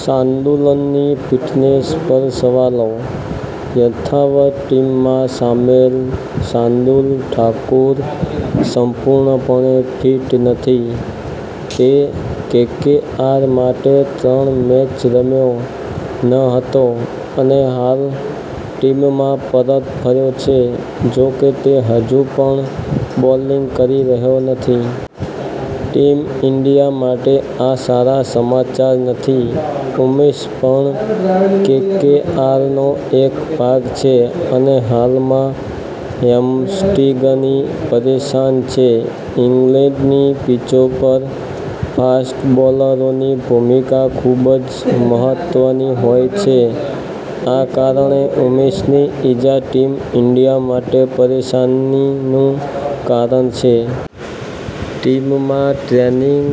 શાર્દુલની fitness પર સવાલો યથાવત ટીમમાં સામેલ શાર્દુલ ઠાકુર સંપૂર્ણપણે ફિટ નથી. તે કેકેઆર માટે ત્રણ મેચ રમ્યો ન હતો અને હાલ ટીમમાં પરત ફર્યો છે. જોકે તે હજુ પણ બોલિંગ કરી રહ્યો નથી. ટીમ ઇન્ડિયા માટે આ સારા સમાચાર નથી. ઉમેશ પણ કેકેઆરનો એક ભાગ છે અને હાલમાં હેમસ્ટ્રિંગથી પરેશાન છે. ઈંગ્લેન્ડની પિચો પર ફાસ્ટ બોલરોની ભૂમિકા ખૂબ જ મહત્વની હોય છે. આ કારણે ઉમેશની ઈજા ટીમ ઈન્ડિયા માટે પરેશાનીનું કારણ છે.: ટીમના ટ્રેનિંગ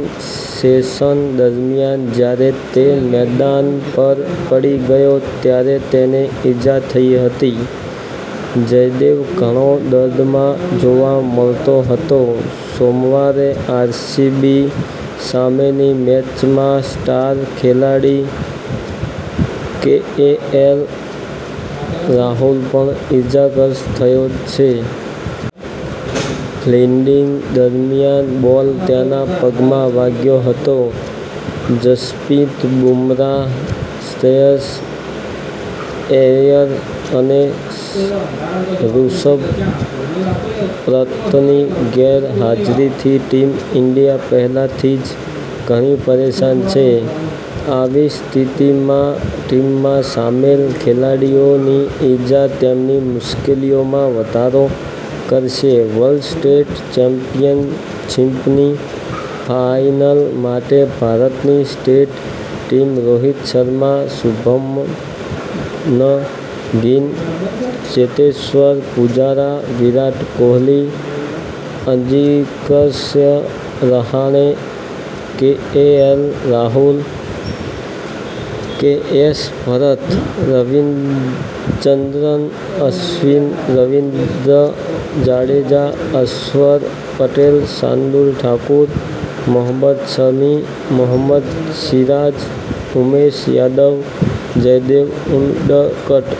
સેશન દરમિયાન જ્યારે તે મેદાન પર પડી ગયો ત્યારે તેને ઈજા થઈ હતી. જયદેવ ઘણો દર્દમાં જોવા મળતો હતો. સોમવારે આરસીબી સામેની મેચમાં સ્ટાર ખેલાડી કેએલ રાહુલ પણ ઇજાગ્રસ્ત થયો છે. ફિલ્ડિંગ દરમિયાન બોલ તેના પગમાં વાગ્યો હતો. જસપ્રીત બુમરાહ, શ્રેયસ ઐય્યર અને ઋષભ પંતની ગેરહાજરીથી ટીમ ઇન્ડિયા પહેલાથી જ ઘણી પરેશાન છે, આવી સ્થિતિમાં ટીમમાં સામેલ ખેલાડીઓની ઇજા તેમની મુશ્કેલીઓમાં વધારો કરશે. વર્લ્ડ ટેસ્ટ ચેમ્પિયનશિપની ફાઈનલ માટે ભારતની test team Rohit Sharma, Shubman Gill, Cheteshwar Pujara, Virat Kohli, Ajinkya Rahane, KL Rahul, KS Bharat, Ravichandran Ashwin, Ravindra Jadeja, Axar Patel, Shardul Thakur, Mohammed Shami, Mohammed Siraj, Umesh Yadav, Jaydev Unadkat.